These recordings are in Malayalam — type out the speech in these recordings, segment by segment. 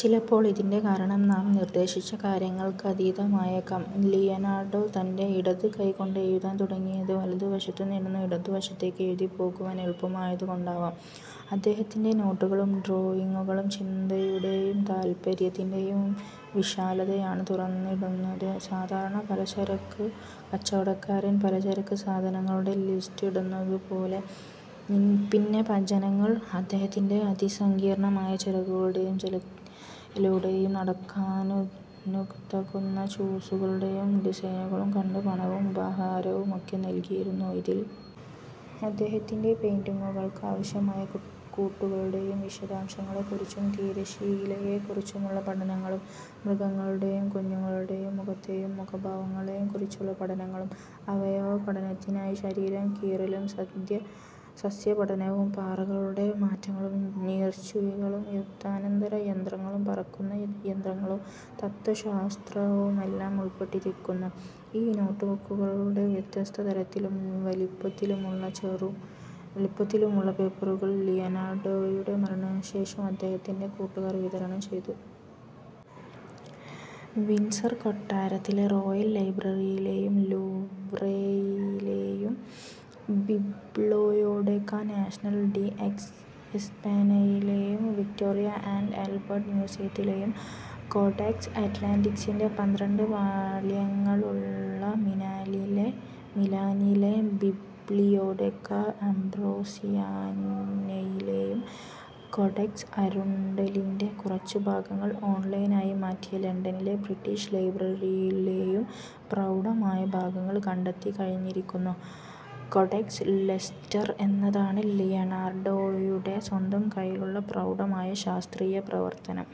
ചിലപ്പോൾ ഇതിൻ്റെ കാരണം നാം നിർദ്ദേശിച്ച കാര്യങ്ങൾക്കതീതമായേക്കാം. ലിയനാർഡോ തൻ്റെ ഇടത് കൈ കൊണ്ട് എഴുതാൻ തുടങ്ങിയത് വലതുവശത്തുനിന്ന് ഇടതുവശത്തേക്ക് എഴുതി പോകുവാൻ എളുപ്പമായതുകൊണ്ടാവാം. അദ്ദേഹത്തിൻ്റെ നോട്ടുകളും ഡ്രോയിങ്ങുകളും ചിന്തയുടെയും താത്പര്യത്തിൻ്റെ യും വിശാലതയാണ് തുറന്നിടുന്നത്, സാധാരണ പലചരക്കുകച്ചവടക്കാരൻ പലചരക്ക് സാധനങ്ങളുടെ ലിസ്റ്റ് ഇടുന്നതുപോലെ. പിന്നെ ജനങ്ങൾ അദ്ദേഹത്തിൻ്റെ അതിസങ്കീർണമായ ചിറകുകളുടെയും ജലത്തിലൂടെ നടക്കാനുതകുന്ന ഷൂസുകളുടെയും ഡിസൈനുകൾ കണ്ട് പണവും ഉപഹാരവുമൊക്കെ നൽകിയിരുന്നു. ഇതിൽ അദ്ദേഹത്തിൻ്റെ പെയിന്റിങ്ങുകൾക്കാവശ്യമായ കൂട്ടുകളുടെയും വിശദാംശങ്ങളെക്കുറിച്ചും തിരശ്ശീലയെക്കുറിച്ചുമുള്ള പഠനങ്ങളും മൃഗങ്ങളുടെയും കുഞ്ഞുങ്ങളുടെയും മുഖത്തെയും മുഖഭാവങ്ങളെയും കുറിച്ചുള്ള പഠനങ്ങളും അവയവപഠനത്തിനായി ശരീരം കീറലും സസ്യപഠനവും പാറകളുടെ മാറ്റങ്ങളും നീർച്ചുഴികളും യുദ്ധാനന്തര യന്ത്രങ്ങളും പറക്കുന്ന യന്ത്രങ്ങളും തത്ത്വശാസ്ത്രവുമെല്ലാം ഉൾപ്പെട്ടിരിക്കുന്നു.ഈ നോട്ടുബുക്കുകളുടെ വ്യത്യസ്ത തരത്തിലും വലിപ്പത്തിലുമുള്ള പേപ്പറുകൾ ലിയനാർഡോയുടെ മരണശേഷം അദ്ദേഹത്തിൻ്റെ കൂട്ടുകാർ വിതരണം ചെയ്തു. വിൻഡ്സർ കൊട്ടാരത്തിലെ റോയൽ ലൈബ്രറിയിലെയും ലൂവ്രേയിലെയും ബിബ്ലിയോടെകാ നാഷണൽ ഡി എസ്പാനയിലെയും വിക്ടോറിയ ആന്റ് ആൽബർട്ട് മ്യൂസിയത്തിലെയും കോഡെക്സ് അറ്റ്ലാന്റിക്കസിൻ്റെ പന്ത്രണ്ട് വാള്യങ്ങളുള്ള മിലാനിലെ ബിബ്ലിയോടെകാ അംബ്രോസിയാനയിലെയും കോഡെക്സ് അരുൻഡെലിൻ്റെ കുറച്ച് ഭാഗങ്ങൾ ഓൺലൈനായി മാറ്റിയ ലണ്ടനിലെ ബ്രിട്ടീഷ് ലൈബ്രറിയിലെയും പ്രൗഢമായ ഭാഗങ്ങൾ കണ്ടെത്തിക്കഴിഞ്ഞിരിക്കുന്നു. കോഡെക്സ് ലെസ്റ്റർ എന്നതാണ് ലിയനാർഡോയുടെ സ്വന്തം കൈയ്യിലുള്ള പ്രൗഢമായ ശാസ്ത്രീയ പ്രവർത്തനം.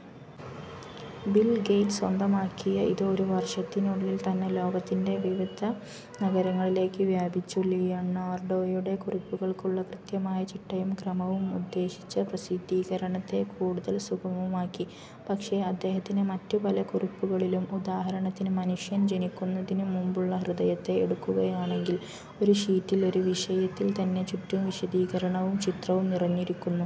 ബിൽ ഗേറ്റ്സ് സ്വന്തമാക്കിയ ഇത് ഒരു വർഷത്തിനുള്ളിൽ തന്നെ ലോകത്തിൻ്റെ വിവിധ നഗരങ്ങളിലേക്ക് വ്യാപിച്ചു. ലിയനാർഡോയുടെ കുറിപ്പുകൾക്കുള്ള കൃത്യമായ ചിട്ടയും ക്രമവും ഉദ്ദേശിച്ച പ്രസിദ്ധീകരണത്തെ കൂടുതൽ സുഗമമാക്കി. പക്ഷെ അദ്ദേഹത്തിൻ്റെ മറ്റു പല കുറിപ്പുകളിലും, ഉദാഹരണത്തിന് മനുഷ്യൻ ജനിക്കുന്നതിനുമുമ്പുള്ള ഹൃദയത്തെ എടുക്കുകയാണെങ്കിൽ, ഒരു ഷീറ്റിൽ ഒരു വിഷയത്തിൽ തന്നെ ചുറ്റും വിശദീകരണവും ചിത്രവും നിറഞ്ഞിരിക്കും.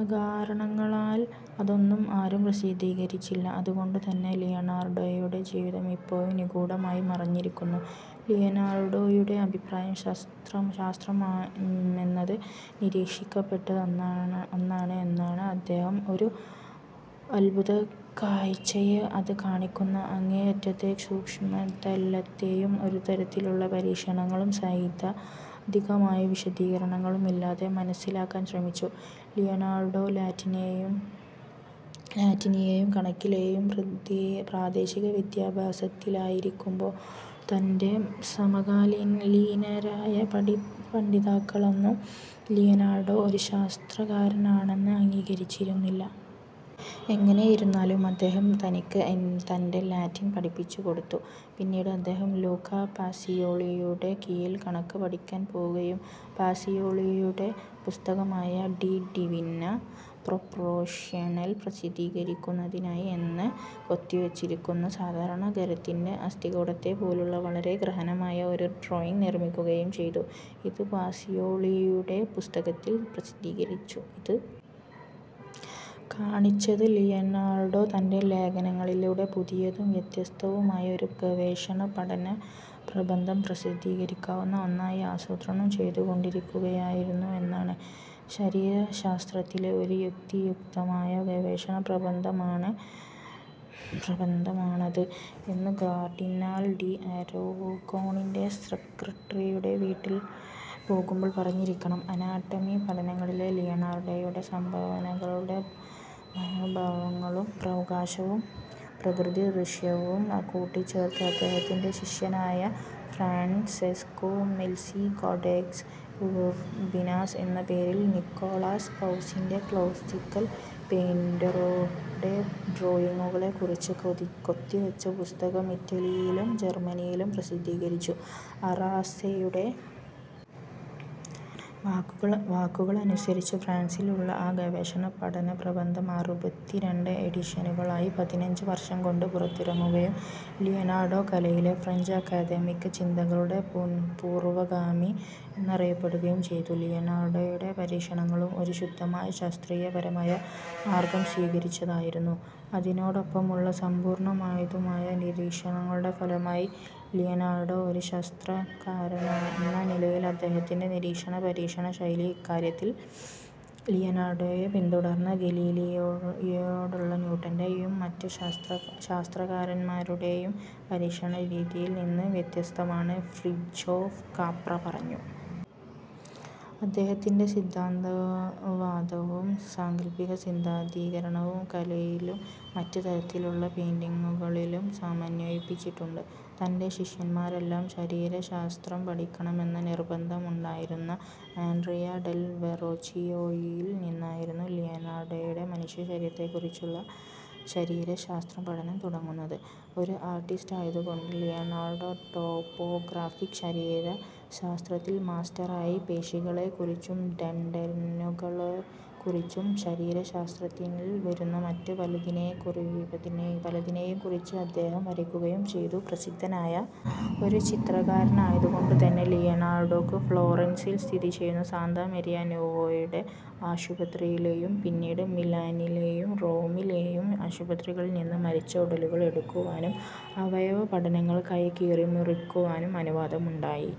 അക്കാരണങ്ങളാൽ അതൊന്നും ആരും പ്രസിദ്ധീകരിച്ചില്ല. അതുകൊണ്ടുതന്നെ ലിയനാർഡോയുടെ ജീവിതം ഇപ്പോഴും നിഗൂഢമായി മറഞ്ഞിരിക്കുന്നു. ലിയനാർഡോയുടെ അഭിപ്രായം ശാസ്ത്രമെന്നത് നിരീക്ഷിക്കേണ്ട ഒന്നാണ് എന്നാണ്. അദ്ദേഹം ഒരു അത്ഭുതകാഴ്ചയെ അത് കാണിക്കുന്ന അങ്ങേയറ്റത്തെ സൂക്ഷ്മതലത്തെയും ഒരുതരത്തിലുള്ള പരീക്ഷണങ്ങളും സൈദ്ധാന്തികമായ വിശദീകരണങ്ങളും ഇല്ലാതെ മനസ്സിലാക്കാൻ ശ്രമിച്ചു. ലിയനാർഡോ ലാറ്റിനിലെയും കണക്കിലെയും പ്രാദേശിക വിദ്യാഭ്യാസത്തിലായിരിക്കുമ്പോൾ തൻ്റെ സമകാലീനരായ പഠിതാക്കളൊന്നും ലിയനാർഡോ ഒരു ശാസ്ത്രകാരനാണെന്ന് അംഗീകരിച്ചിരുന്നില്ല. എങ്ങനെയിരുന്നാലും അദ്ദേഹം തനിക്ക് തന്നെ ലാറ്റിൻ പഠിപ്പിച്ചുകൊടുത്തു. പിന്നീട് അദ്ദേഹം ലൂക്കാ പസിയോളിയുടെ കീഴിൽ കണക്ക് പഠിക്കാൻ പോകുകയും, പസിയോളിയുടെ പുസ്തകമായ ഡി ഡിവിന പ്രൊപ്പോർഷ്യോണിൽ പ്രസിദ്ധീകരിക്കുന്നതിനായി എന്ന് കൊത്തിവച്ചിരിക്കുന്ന സാധാരണ ഖരത്തിൻ്റെ അസ്ഥികൂടത്തെപ്പോലുള്ള വളരെ ഗ്രഹനമായ ഒരു ഡ്രോയിങ്ങ് നിർമ്മിക്കുകയും ചെയ്തു. ഇത് പസിയോളിയുടെ പുസ്തകത്തിൽ പ്രസിദ്ധീകരിച്ചു. ഇത് കാണിച്ചത് ലിയനാർഡോ തൻ്റെ ലേഖനങ്ങളിലൂടെ പുതിയതും വ്യത്യസ്തവുമായ ഒരു ഗവേഷണപഠനപ്രബന്ധം പ്രസിദ്ധീകരിക്കാവുന്ന ഒന്നായി ആസൂത്രണം ചെയ്തുകൊണ്ടിരിക്കുകയായിരുന്നു എന്നാണ്. ശരീരശാസ്ത്രത്തിലെ ഒരു യുക്തിയുക്തമായ ഗവേഷണപ്രബന്ധമാണത് എന്ന് കാർഡിനാൽ ഡി അരാഗോണിൻ്റെ സെക്രട്ടറിയുടെ വീട്ടിലേക്ക് പോകുമ്പോൾ പറഞ്ഞിരിക്കണം. അനാട്ടമി പഠനങ്ങളിലെ ലിയനാർഡോയുടെ സംഭാവനകളുടെ ഭാവങ്ങളും പ്രകാശവും പ്രകൃതിദൃശ്യവും കൂട്ടിച്ചേർത്ത് അദ്ദേഹത്തിൻ്റെ ശിഷ്യനായ ഫ്രാൻസെസ്കോ മെൽസി കോഡെക്സ് ഉർബിനാസ് എന്ന പേരിൽ നിക്കോളാസ് പൗസിൻ്റെ ക്ലാസിക്കൽ പെയിന്ററുടെ ഡ്രോയിങ്ങുകളെക്കുറിച്ച് കൊത്തിവച്ച പുസ്തകം ഇറ്റലിയിലും ജർമ്മനിയിലും പ്രസിദ്ധീകരിച്ചു. അറാസ്സെയുടെ വാക്കുകൾ അനുസരിച്ച് ഫ്രാൻസിലുള്ള ആ ഗവേഷണപഠനപ്രബന്ധം അറുപത്തിരണ്ട് എഡിഷനുകളായി പതിനഞ്ച് വർഷം കൊണ്ട് പുറത്തിറങ്ങുകയും ലിയനാർഡോ കലയിലെ ഫ്രഞ്ച് അക്കാദമിക് ചിന്തകളുടെ പൂർവഗാമി എന്നറിയപ്പെടുകയും ചെയ്തു. ലിയനാർഡോയുടെ പരീക്ഷണങ്ങളും ഒരു ശുദ്ധമായ ശാസ്ത്രീയപരമായ മാർഗം സ്വീകരിച്ചതായിരുന്നു. അതിനോടൊപ്പമുള്ളതും സമ്പൂർണമായതുമായ നിരീക്ഷണങ്ങളുടെ ഫലമായി ലിയനാർഡോ ഒരു ശാസ്ത്രകാരനെന്ന നിലയിൽ അദ്ദേഹത്തിൻ്റെ നിരീക്ഷണ പരീക്ഷണ ശൈലി ഇക്കാര്യത്തിൽ ലിയനാർഡോയെ പിന്തുടർന്ന ഗലീലിയോയുടെയും ന്യൂട്ടൻ്റെ യും മറ്റു ശാസ്ത്രകാരന്മാരുടെയും പരീക്ഷണരീതിയിൽ നിന്നും വ്യത്യസ്തമാണെന്ന് ഫ്രിജോഫ് കാപ്ര പറഞ്ഞു. അദ്ദേഹത്തിൻ്റെ സിദ്ധാന്തവാദവും സാങ്കൽപിക സിദ്ധാന്തീകരണവും കലയിലും മറ്റ് തരത്തിലുള്ള പെയിന്റിങ്ങുകളിലും സമന്വയിപ്പിച്ചിട്ടുണ്ട്. തൻ്റെ ശിഷ്യന്മാരെല്ലാം ശരീരശാസ്ത്രം പഠിക്കണമെന്ന് നിർബന്ധമുണ്ടായിരുന്ന ആൻഡ്രിയ ഡെൽ വെറോച്ചിയോയിൽ നിന്നായിരുന്നു ലിയനാർഡോയുടെ മനുഷ്യശരീരത്തെക്കുറിച്ചുള്ള ശരീരശാസ്ത്ര പഠനം തുടങ്ങുന്നത്. ഒരു ആർട്ടിസ്റ്റ് ആയതുകൊണ്ടുതന്നെ ലിയനാർഡോ ടോപ്പോഗ്രാഫിക് ശരീരശാസ്ത്രത്തിൽ മാസ്റ്ററായി. പേശികളെക്കുറിച്ചും ടെൻഡനുകളെക്കുറിച്ചും ശരീരശാസ്ത്രത്തിൽ വരുന്ന മറ്റ് പലതിനെയും കുറിച്ച് അദ്ദേഹം വരയ്ക്കുകയും ചെയ്തു. പ്രസിദ്ധനായ ഒരു ചിത്രകാരനായതുകൊണ്ടുതന്നെ ലിയനാർഡോക്ക് ഫ്ലോറൻസിൽ സ്ഥിതിചെയ്യുന്ന സാന്താ മരിയ ന്യൂവോയുടെ ആശുപത്രിയിലെയും പിന്നീട് മിലാനിലെയും റോമിലെയും ആശുപത്രികളിൽ നിന്ന് മരിച്ച ഉടലുകൾ എടുക്കുവാനും അവയവപഠനങ്ങൾക്കായി കീറിമുറിക്കാനും അനുവാദം ഉണ്ടായി.